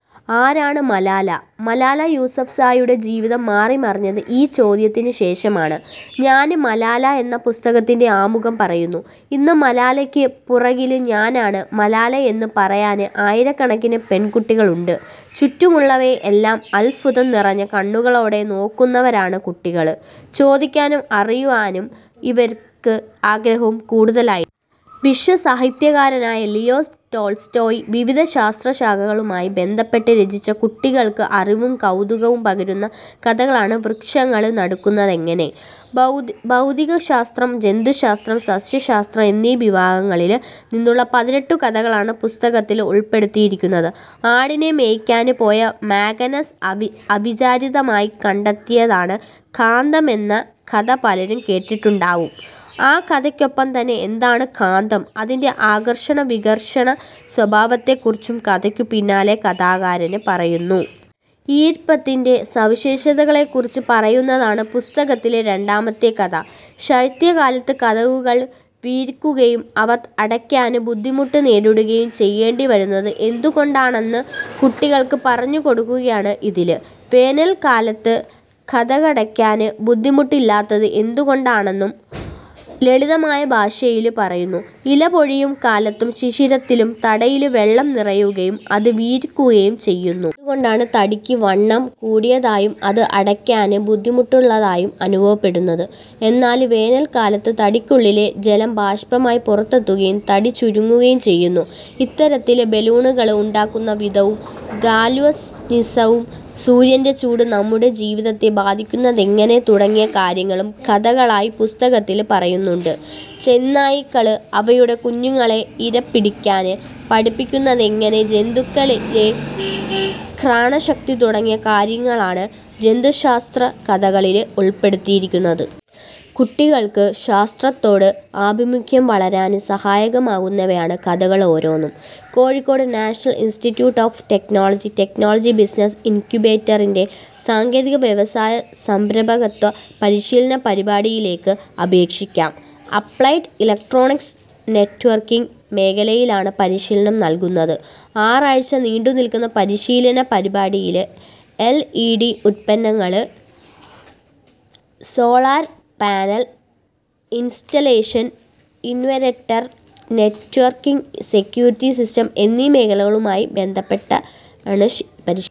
ആരാണ് മലാല. മലാല യൂസഫ്സായിയുടെ ജീവിതം മാറിമറിഞ്ഞത് ഈ ചോദ്യത്തിന് ശേഷമാണ്. ഞാന് മലാല എന്ന പുസ്തകത്തിന്റെ ആമുഖം പറയുന്നു. ഇന്ന് മലാലയ്ക്ക് പുറകില് ഞാനാണ് മലാലയെന്ന് പറയാന് ആയിരക്കണക്കിന് പെണ്കുട്ടികള് ഉണ്ട്. ചുറ്റുമുള്ളവയെ എല്ലാം അദ്ഭുതം നിറഞ്ഞ കണ്ണുകളോടെ നോക്കുന്നവരാണ് കുട്ടികള്. ചോദിക്കാനും അറിയാനും ഇവര്ക്ക് ആഗ്രഹവും കൂടുതലായിരിക്കും. വിശ്വസാഹിത്യകാരനായ ലിയോ ടോള്സ്റ്റോയ് വിവിധ ശാസ്ത്രശാഖകളുമായി ബന്ധപ്പെട്ട് രചിച്ച കുട്ടികള്ക്ക് അറിവും കൗതുകവും പകരുന്ന കഥകളാണ് 'വൃക്ഷങ്ങള് നടക്കുന്നതെങ്ങനെ'. ഭൗതികശാസ്ത്രം, ജന്തുശാസ്ത്രം, സസ്യശാസ്ത്രം എന്നീ വിഭാഗങ്ങളില് നിന്നുള്ള പതിനെട്ടു കഥകളാണ് പുസ്തകത്തില് ഉള്പ്പെടുത്തിയിരിക്കുന്നത്. ആടിനെ മേയ്ക്കാന് പോയ മാഗനസ് അവിചാരിതമായി കണ്ടെത്തിയതാണ് കാന്തമെന്ന കഥ പലരും കേട്ടിട്ടുണ്ടാവും. ആ കഥയ്ക്കൊപ്പം തന്നെ എന്താണ് കാന്തം, അതിന്റെ ആകര്ഷണവികര്ഷണ സ്വഭാവത്തെ കുറിച്ചും കഥയ്ക്കു പിന്നാലെ കഥാകാരന് പറയുന്നു. ഈര്പ്പത്തിന്റെ സവിശേഷതകളെ കുറിച്ച് പറയുന്നതാണ് പുസ്തകത്തിലെ രണ്ടാമത്തെ കഥ. ശൈത്യകാലത്ത് കതകുകള് വീര്ക്കുകയും അവ അടയ്ക്കാന് ബുദ്ധിമുട്ട് നേരിടുകയും ചെയ്യേണ്ടി വരുന്നത് എന്തുകൊണ്ടാണെന്ന് കുട്ടികള്ക്ക് പറഞ്ഞു കൊടുക്കുകയാണ് ഇതില്. വേനല്ക്കാലത്ത് കതകടയ്ക്കാന് ബുദ്ധിമുട്ടില്ലാത്തത് എന്തുകൊണ്ടാണെന്നും ലളിതമായ ഭാഷയില് പറയുന്നു. ഇല പൊഴിയും കാലത്തും ശിശിരത്തിലും തടിയില് വെള്ളം നിറയുകയും അത് വീര്ക്കുകയും ചെയ്യുന്നു. അതുകൊണ്ടാണ് തടിക്ക് വണ്ണം കൂടിയതായും അത് അടയ്ക്കാന് ബുദ്ധിമുട്ടുള്ളതായും അനുഭവപ്പെടുന്നത്. എന്നാല് വേനല്ക്കാലത്ത് തടിക്കുള്ളിലെ ജലം ബാഷ്പമായി പുറത്തെത്തുകയും തടി ചുരുങ്ങുകയും ചെയ്യുന്നു. ഇത്തരത്തില് ബലൂണുകള് ഉണ്ടാക്കുന്ന വിധവും ഗാല്വനിസവും സൂര്യന്റെ ചൂട് നമ്മുടെ ജീവിതത്തെ ബാധിക്കുന്നതെങ്ങനെ തുടങ്ങിയ കാര്യങ്ങളും കഥകളായി പുസ്തകത്തില് പറയുന്നുണ്ട്. ചെന്നായ്ക്കള് അവയുടെ കുഞ്ഞുങ്ങളെ ഇര പിടിക്കാന് പഠിപ്പിക്കുന്നതെങ്ങനെ, ജന്തുക്കളിലെ ഘ്രാണശക്തി തുടങ്ങിയ കാര്യങ്ങളാണ് ജന്തുശാസ്ത്ര കഥകളില് ഉള്പ്പെടുത്തിയിരിക്കുന്നത്. കുട്ടികള്ക്ക് ശാസ്ത്രത്തോട് ആഭിമുഖ്യം വളരാന് സഹായകമാകുന്നവയാണ് കഥകള് ഓരോന്നും. Kozhikode National Institute of Technology, technology business ഇന്ക്യുബേറ്ററിന്റെ സാങ്കേതിക വ്യവസായ സംരംഭകത്വ പരിശീലന പരിപാടിയിലേക്ക് അപേക്ഷിക്കാം. അപ്ലൈഡ് ഇലക്ട്രോണിക്സ് നെറ്റ്വര്ക്കിങ് മേഖലയിലാണ് പരിശീലനം നല്കുന്നത്. ആറാഴ്ച നീണ്ടു നില്ക്കുന്ന പരിശീലന പരിപാടിയില് എല്ഇഡി ഉത്പന്നങ്ങള്, solar panel installation, inverter, networking security system എന്നീ മേഖലകളുമായി ബന്ധപ്പെട്ടാണ് പരിശീലനം.